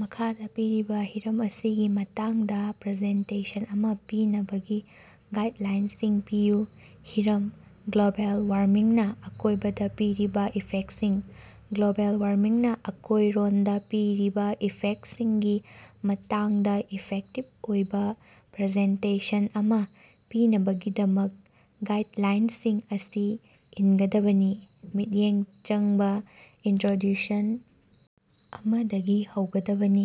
ꯃꯈꯥꯗ ꯄꯤꯔꯤꯕ ꯍꯤꯔꯝ ꯑꯁꯤꯒꯤ ꯃꯇꯥꯡꯗ ꯄ꯭ꯔꯖꯦꯟꯇꯦꯁꯟ ꯑꯃ ꯄꯤꯅꯕꯒꯤ ꯒꯥꯏꯗꯂꯥꯏꯟꯁꯤꯡ ꯄꯤꯌꯨ꯫ ꯍꯤꯔꯝ: ꯒ꯭ꯂꯣꯕꯦꯜ ꯋꯥꯔꯃꯤꯡꯅ ꯑꯀꯣꯏꯕꯗ ꯄꯤꯔꯤꯕ ꯏꯐꯦꯛꯁꯤꯡ꯫ ꯒ꯭ꯂꯣꯕꯦꯜ ꯋꯥꯔꯃꯤꯡꯅ ꯑꯀꯣꯏꯔꯣꯟꯗ ꯄꯤꯔꯤꯕ ꯏꯐꯦꯛꯁꯤꯡꯒꯤ ꯃꯇꯥꯡꯗ ꯏꯐꯦꯛꯇꯤꯚ ꯑꯣꯏꯕ ꯄ꯭ꯔꯖꯦꯟꯇꯦꯁꯟ ꯑꯃ ꯄꯤꯅꯕꯒꯤꯗꯃꯛ, ꯒꯥꯏꯗꯂꯥꯏꯟꯁꯤꯡ ꯑꯁꯤ ꯏꯟꯒꯗꯕꯅꯤ: ꯃꯤꯠꯌꯦꯡ ꯆꯪꯕ ꯏꯅꯇ꯭ꯔꯣꯗ꯭ꯌꯨꯁꯟ ꯑꯃꯗꯒꯤ ꯍꯧꯒꯗꯕꯅꯤ,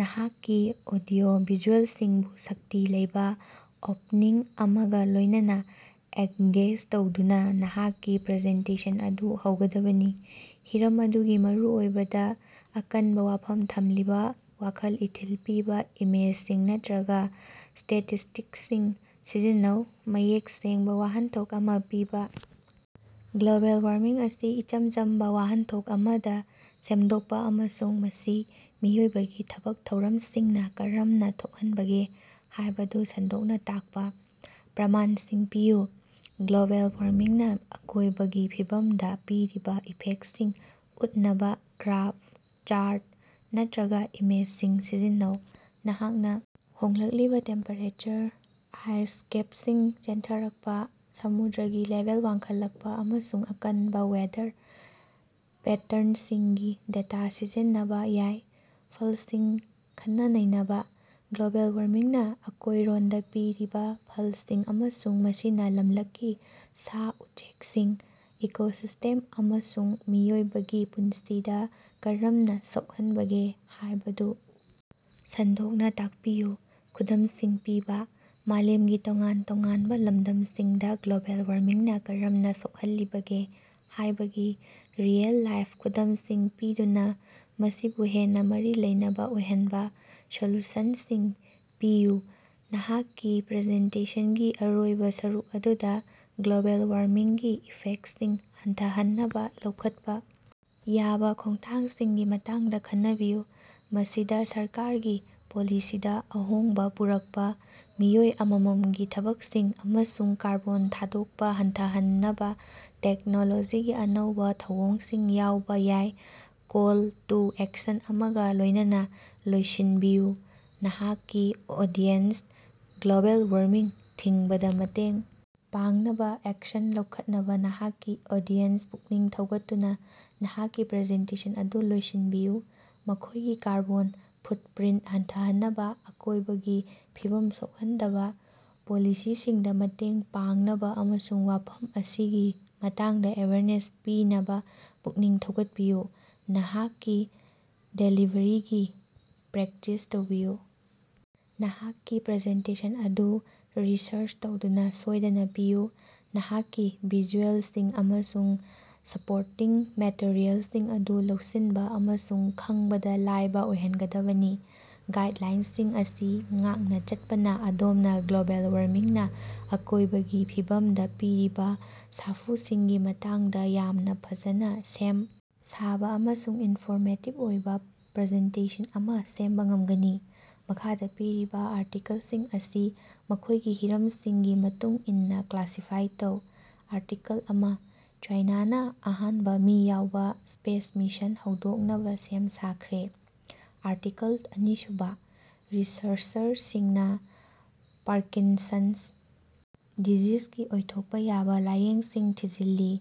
ꯅꯍꯥꯛꯀꯤ ꯑꯣꯗꯤꯑꯣ-ꯚꯤꯖꯨꯑꯦꯜꯁꯤꯡꯕꯨ ꯁꯛꯇꯤ ꯂꯩꯕ ꯑꯣꯄꯅꯤꯡ ꯑꯃꯒ ꯂꯣꯏꯅꯅ ꯑꯦꯡꯒꯦꯖ ꯇꯧꯗꯨꯅ ꯅꯍꯥꯛꯀꯤ ꯄ꯭ꯔꯖꯦꯟꯇꯦꯁꯟ ꯑꯗꯨ ꯍꯧꯒꯗꯕꯅꯤ꯫ ꯍꯤꯔꯝ ꯑꯗꯨꯒꯤ ꯃꯔꯨꯑꯣꯏꯕꯗ ꯑꯀꯟꯕ ꯋꯥꯐꯝ ꯊꯝꯂꯤꯕ ꯋꯥꯈꯜ ꯏꯊꯤꯜ ꯄꯤꯕ ꯏꯃꯦꯖꯁꯤꯡ ꯅꯠꯇꯔꯒ ꯁ꯭ꯇꯦꯇꯤꯁ꯭ꯇꯤꯛꯁꯁꯤꯡ ꯁꯤꯖꯤꯟꯅꯧ꯫ ꯃꯌꯦꯛ ꯁꯦꯡꯕ ꯋꯥꯍꯟꯊꯣꯛ ꯑꯃꯥ ꯄꯤꯕ: ꯒ꯭ꯂꯣꯕꯦꯜ ꯋꯥꯔꯃꯤꯡ ꯑꯁꯤ ꯏꯆꯝ ꯆꯝꯕ ꯋꯥꯍꯟꯊꯣꯛ ꯑꯃꯗ ꯁꯦꯝꯗꯣꯛꯄ ꯑꯃꯁꯨꯡ ꯃꯁꯤ ꯃꯤꯑꯣꯏꯕꯒꯤ ꯊꯕꯛ ꯊꯧꯔꯝꯁꯤꯡꯅ ꯀꯔꯝꯅ ꯊꯣꯛꯍꯟꯕꯒꯦ ꯍꯥꯏꯕꯗꯨ ꯁꯟꯗꯣꯛꯅ ꯇꯥꯛꯄ꯫ ꯄ꯭ꯔꯃꯥꯟꯁꯤꯡ ꯄꯤꯌꯨ: ꯒ꯭ꯂꯣꯕꯦꯜ ꯋꯥꯔꯃꯤꯡꯅ ꯑꯀꯣꯏꯕꯒꯤ ꯐꯤꯕꯝꯗ ꯄꯤꯔꯤꯕ ꯏꯐꯦꯛꯁꯤꯡ ꯎꯠꯅꯕ ꯒ꯭ꯔꯥꯐ, ꯆꯥꯔꯠ ꯅꯠꯇꯔꯒ ꯏꯃꯦꯖꯁꯤꯡ ꯁꯤꯖꯤꯟꯅꯧ꯫ ꯅꯍꯥꯛꯅ ꯍꯣꯡꯂꯛꯂꯤꯕ ꯇꯦꯝꯄꯦꯔꯦꯆꯔ, ꯑꯥꯏꯁ ꯀꯦꯞꯁꯤꯡ ꯆꯦꯟꯊꯔꯛꯄ, ꯁꯃꯨꯗ꯭ꯔꯒꯤ ꯂꯦꯚꯦꯜ ꯋꯥꯡꯈꯠꯂꯛꯄ, ꯑꯃꯁꯨꯡ ꯑꯀꯟꯕ ꯋꯦꯗꯔ ꯄꯦꯇꯔꯟꯁꯤꯡꯒꯤ ꯗꯦꯇꯥ ꯁꯤꯖꯤꯟꯅꯕ ꯌꯥꯏ꯫ ꯐꯜꯁꯤꯡ ꯈꯟꯅ-ꯅꯩꯅꯕ: ꯒ꯭ꯂꯣꯕꯦꯜ ꯋꯥꯔꯃꯤꯡꯅ ꯑꯀꯣꯏꯔꯣꯟꯗ ꯄꯤꯔꯤꯕ ꯐꯜꯁꯤꯡ ꯑꯃꯁꯨꯡ ꯃꯁꯤꯅ ꯂꯝꯂꯛꯀꯤ ꯁꯥ-ꯎꯆꯦꯛꯁꯤꯡ, ꯏꯀꯣꯁꯤꯁ꯭ꯇꯦꯝ ꯑꯃꯁꯨꯡ ꯃꯤꯑꯣꯏꯕꯒꯤ ꯄꯨꯟꯁꯤꯗ ꯀꯔꯝꯅ ꯁꯣꯛꯍꯟꯕꯒꯦ ꯍꯥꯏꯕꯗꯨ ꯁꯟꯗꯣꯛꯅ ꯇꯥꯀꯄꯤꯌꯨ꯫ ꯈꯨꯗꯝꯁꯤꯡ ꯄꯤꯕ: ꯃꯥꯂꯦꯝꯒꯤ ꯇꯣꯉꯥꯟ-ꯇꯣꯉꯥꯟꯕ ꯂꯝꯗꯝꯁꯤꯡꯗ ꯒ꯭ꯂꯣꯕꯦꯜ ꯋꯥꯔꯃꯤꯡꯅ ꯀꯔꯝꯅ ꯁꯣꯛꯍꯜꯂꯤꯕꯒꯦ ꯍꯥꯏꯕꯒꯤ ꯔꯤꯑꯦꯜ-ꯂꯥꯏꯐ ꯈꯨꯗꯝꯁꯤꯡ ꯄꯤꯗꯨꯅꯥ ꯃꯁꯤꯕꯨ ꯍꯦꯟꯅ ꯃꯔꯤ ꯂꯩꯅꯕ ꯑꯣꯏꯍꯟꯕ꯫ ꯁꯣꯂꯨꯁꯟꯁꯤꯡ ꯄꯤꯌꯨ - ꯅꯍꯥꯛꯀꯤ ꯄ꯭ꯔꯖꯦꯟꯇꯦꯁꯟꯒꯤ ꯑꯔꯣꯏꯕ ꯁꯔꯨꯛ ꯑꯗꯨꯗꯥ, ꯒ꯭ꯂꯣꯕꯦꯜ ꯋꯥꯔꯃꯤꯡꯒꯤ ꯏꯐꯦꯛꯁꯤꯡ ꯍꯟꯊꯍꯟꯅꯕ ꯂꯧꯈꯠꯄꯥ ꯌꯥꯕ ꯈꯣꯡꯊꯥꯡꯁꯤꯡꯒꯤ ꯃꯇꯥꯡꯗ ꯈꯟꯅꯕꯤꯌꯨ꯫ ꯃꯁꯤꯗ ꯁꯔꯀꯥꯔꯒꯤ ꯄꯣꯂꯤꯁꯤꯗ ꯑꯍꯣꯡꯕ ꯄꯨꯔꯛꯄ, ꯃꯤꯑꯣꯏ ꯑꯃꯃꯝꯒꯤ ꯊꯕꯛꯁꯤꯡ, ꯑꯃꯁꯨꯡ ꯀꯥꯔꯕꯣꯟ ꯊꯥꯗꯣꯛꯄ ꯍꯟꯊꯍꯟꯅꯕ ꯇꯦꯛꯅꯣꯂꯣꯖꯤꯒꯤ ꯑꯅꯧꯕꯥ ꯊꯧꯑꯣꯡꯁꯤꯡ ꯌꯥꯎꯕ ꯌꯥꯏ꯫ ꯀꯣꯜ ꯇꯨ ꯑꯦꯛꯁꯟ ꯑꯃꯒ ꯂꯣꯏꯅꯅ ꯂꯣꯏꯁꯤꯟꯕꯤꯌꯨ: ꯅꯍꯥꯛꯀꯤ ꯑꯣꯗꯤꯌꯦꯟꯁ ꯒ꯭ꯂꯣꯕꯦꯜ ꯋꯥꯔꯃꯤꯡ ꯊꯤꯡꯕꯗ ꯃꯇꯦꯡ ꯄꯥꯡꯅꯕ ꯑꯦꯛꯁꯟ ꯂꯧꯈꯠꯅꯕ ꯅꯍꯥꯛꯀꯤ ꯑꯣꯗꯤꯑꯦꯟꯁ ꯄꯨꯛꯅꯤꯡ ꯊꯧꯒꯠꯇꯨꯅ ꯅꯍꯥꯛꯀꯤ ꯄ꯭ꯔꯖꯦꯟꯇꯦꯁꯟ ꯑꯗꯨ ꯂꯣꯏꯁꯤꯟꯕꯤꯌꯨ꯫ ꯃꯈꯣꯏꯒꯤ ꯀꯥꯔꯕꯣꯟ ꯐꯨꯠꯄ꯭ꯔꯤꯟꯠ ꯍꯟꯊꯍꯟꯅꯕ, ꯑꯀꯣꯏꯕꯒꯤ ꯐꯤꯕꯝ ꯁꯣꯛꯍꯟꯗꯕ ꯄꯣꯂꯤꯁꯤꯁꯤꯡꯗ ꯃꯇꯦꯡ ꯄꯥꯡꯅꯕ ꯑꯃꯁꯨꯡ ꯋꯥꯐꯝ ꯑꯁꯤꯒꯤ ꯃꯇꯥꯡꯗ ꯑꯦꯋꯦꯌ꯭ꯔꯅꯦꯁ ꯄꯤꯅꯕ ꯄꯨꯛꯅꯤꯡ ꯊꯧꯒꯠꯄꯤꯌꯨ꯫ ꯅꯍꯥꯛꯀꯤ ꯗꯦꯂꯤꯚꯔꯤꯒꯤ ꯄ꯭ꯔꯦꯛꯇꯤꯁ ꯇꯧꯕꯤꯌꯨ: ꯅꯍꯥꯛꯀꯤ ꯄ꯭ꯔꯖꯦꯟꯇꯦꯁꯟ ꯑꯗꯨ ꯔꯤꯍꯔ꯭ꯁ ꯇꯧꯗꯨꯅ ꯁꯣꯏꯗꯅ ꯄꯤꯌꯨ꯫ ꯅꯍꯥꯛꯀꯤ ꯚꯤꯖꯨꯑꯦꯜꯁꯤꯡ ꯑꯃꯁꯨꯡ ꯁꯄꯣꯔꯇꯤꯡ ꯃꯦꯇꯔꯤꯑꯦꯜꯁꯤꯡ ꯑꯗꯨ ꯂꯧꯁꯤꯟꯕ ꯑꯃꯁꯨꯡ ꯈꯪꯕꯗ ꯂꯥꯏꯕ ꯑꯣꯏꯍꯟꯒꯗꯕꯅꯤ꯫ ꯒꯥꯏꯗꯂꯥꯏꯟꯁꯤꯡ ꯑꯁꯤ ꯉꯥꯛꯅꯥ ꯆꯠꯄꯅ ꯑꯗꯣꯝꯅ ꯒ꯭ꯂꯣꯕꯦꯜ ꯋꯥꯔꯃꯤꯡꯅ ꯑꯀꯣꯏꯕꯒꯤ ꯐꯤꯕꯝꯗ ꯄꯤꯔꯤꯕ ꯁꯥꯐꯨꯁꯤꯡꯒꯤ ꯃꯇꯥꯡꯗ ꯌꯥꯝꯅ ꯐꯖꯅ ꯁꯦꯝ ꯁꯥꯕ ꯑꯃꯁꯨꯡ ꯏꯟꯐꯣꯔꯃꯦꯇꯤꯕ ꯑꯣꯏꯕ ꯄ꯭ꯔꯖꯦꯟꯇꯦꯁꯟ ꯑꯃ ꯁꯦꯝꯕ ꯉꯝꯒꯅꯤ꯫ ꯃꯈꯥꯗ ꯄꯤꯔꯤꯕ ꯑꯥꯔꯇꯤꯀꯜꯁꯤꯡ ꯑꯁꯤ ꯃꯈꯣꯏꯒꯤ ꯍꯤꯔꯝꯁꯤꯡꯒꯤ ꯃꯇꯨꯡ ꯏꯟꯅ ꯀ꯭ꯂꯥꯁꯤꯐꯥꯏ ꯇꯧ꯫ ꯑꯥꯔꯇꯤꯀꯜ ꯑꯃ: "ꯆꯥꯏꯅꯥꯅ ꯑꯍꯥꯟꯕ ꯃꯤ ꯌꯥꯎꯕ ꯁ꯭ꯄꯦꯁ ꯃꯤꯁꯟ ꯍꯧꯗꯣꯛꯅꯕ ꯁꯦꯝ ꯁꯥꯈ꯭ꯔꯦ꯫" ꯑꯥꯔꯇꯤꯀꯜ ꯑꯅꯤꯁꯨꯕ: "ꯔꯤꯁ꯭ꯔꯆꯔꯁꯤꯡꯅ ꯄꯥꯔꯀꯤꯟꯁꯟ꯭ꯁ ꯗꯤꯖꯤꯖꯒꯤ ꯑꯣꯏꯊꯣꯛꯄ ꯌꯥꯕ ꯂꯥꯏꯌꯦꯡꯁꯤꯡ ꯊꯤꯖꯤꯜꯂꯤ꯫"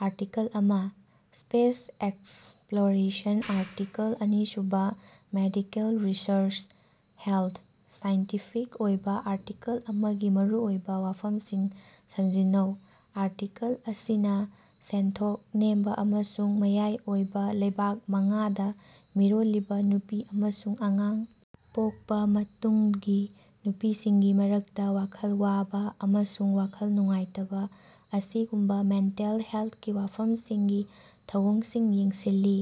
ꯑꯥꯔꯇꯤꯀꯜ ꯑꯃ: ꯁ꯭ꯄꯦꯁ ꯑꯦꯛꯁꯞꯂꯣꯔꯦꯁꯟ ꯑꯥꯔꯇꯤꯀꯜ ꯑꯅꯤꯁꯨꯕ: ꯃꯦꯗꯤꯀꯦꯜ ꯔꯤꯁ꯭ꯔꯆ/ꯍꯦꯜꯊ꯫ ꯁꯥꯏꯟꯇꯤꯐꯤꯛ ꯑꯣꯏꯕ ꯑꯥꯔꯇꯤꯀꯜ ꯑꯃꯒꯤ ꯃꯔꯨꯑꯣꯏꯕ ꯋꯥꯐꯝꯁꯤꯡ ꯁꯃꯖꯤꯟꯅꯧ꯫ ꯑꯥꯔꯇꯤꯀꯜ ꯑꯁꯤꯅꯥ ꯁꯦꯟꯊꯣꯛ ꯅꯦꯝꯕ ꯑꯃꯁꯨꯡ ꯃꯌꯥꯏ ꯑꯣꯏꯕ ꯂꯩꯕꯥꯛ ꯃꯉꯥꯗ ꯃꯤꯔꯣꯜꯂꯤꯕꯤ ꯅꯨꯄꯤ ꯑꯃꯁꯨꯡ ꯑꯉꯥꯡ ꯄꯣꯛꯄꯥ ꯃꯇꯨꯡꯒꯤ ꯅꯨꯄꯤꯁꯤꯡꯒꯤ ꯃꯔꯛꯇ ꯋꯥꯈꯜ ꯋꯥꯕꯥ ꯑꯃꯁꯨꯡ ꯋꯥꯈꯜ ꯅꯨꯡꯉꯥꯏꯇꯕ ꯑꯁꯤꯒꯨꯝꯕꯥ ꯃꯦꯟꯇꯦꯜ ꯍꯦꯜꯊꯀꯤ ꯋꯥꯐꯝꯁꯤꯡꯒꯤ ꯊꯧꯑꯣꯡꯁꯤꯡ ꯌꯦꯡꯁꯤꯜꯂꯤ꯫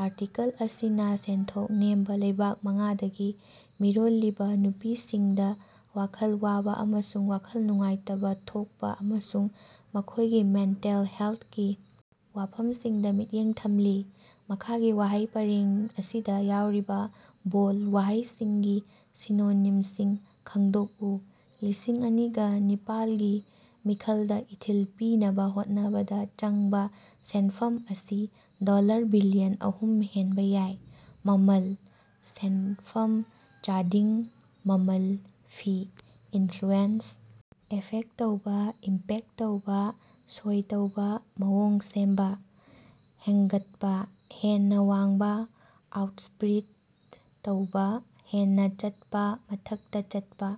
ꯑꯥꯔꯇꯤꯀꯜ ꯑꯁꯤꯅ ꯁꯦꯟꯊꯣꯛ ꯅꯦꯝꯕ ꯂꯩꯕꯥꯛ ꯃꯉꯥꯗꯒꯤ ꯃꯤꯔꯣꯜꯂꯤꯕꯤ ꯅꯨꯄꯤꯁꯤꯡꯗꯥ ꯋꯥꯈꯜ ꯋꯥꯕ ꯑꯃꯁꯨꯡ ꯋꯥꯈꯜ ꯅꯨꯡꯉꯥꯏꯇꯕ ꯊꯣꯛꯄꯥ ꯑꯃꯁꯨꯡ ꯃꯈꯣꯏꯒꯤ ꯃꯦꯟꯇꯦꯜ ꯍꯦꯜꯊꯀꯤ ꯋꯥꯐꯝꯁꯤꯡꯗ ꯃꯤꯠꯌꯦꯡ ꯊꯝꯂꯤ꯫ ꯃꯈꯥꯒꯤ ꯋꯥꯍꯩ ꯄꯔꯦꯡ ꯑꯁꯤꯗ ꯌꯥꯎꯔꯤꯕ ꯕꯣꯜꯗ ꯋꯥꯍꯩꯁꯤꯡꯒꯤ ꯁꯤꯅꯣꯅꯤꯝꯁꯤꯡ ꯈꯪꯗꯣꯛꯎ꯫ ꯂꯤꯁꯤꯡ ꯑꯅꯤꯒ ꯅꯤꯄꯥꯜꯒꯤ ꯃꯤꯈꯜꯗ ꯏꯊꯤꯜ ꯄꯤꯅꯕ ꯍꯣꯠꯅꯕꯗ ꯆꯪꯕ ꯁꯦꯅꯐꯝ ꯑꯁꯤ ꯗꯣꯜꯂꯔ ꯕꯤꯂꯤꯌꯟ ꯑꯍꯨꯝ ꯍꯦꯟꯕ ꯌꯥꯏ꯫ ꯃꯃꯜ: ꯁꯦꯅꯐꯝ, ꯆꯥꯗꯤꯡ, ꯃꯃꯜ, ꯐꯤ꯫ ꯏꯅꯐ꯭ꯂꯨꯑꯦꯟꯁ: ꯑꯦꯐꯦꯛ ꯇꯧꯕꯥ, ꯏꯝꯄꯦꯛ ꯇꯧꯕꯥ, ꯁꯣꯏ ꯇꯧꯕꯥ, ꯃꯑꯣꯡ ꯁꯦꯝꯚ꯫ ꯍꯦꯡꯒꯠꯄ: ꯍꯦꯟꯅ ꯋꯥꯡꯕꯥ, ꯑꯥꯎꯠꯁ꯭ꯇ꯭ꯔꯤꯞ ꯇꯧꯕꯥ, ꯍꯦꯟꯅ ꯆꯠꯄ, ꯃꯊꯛꯇ ꯆꯠꯄ꯫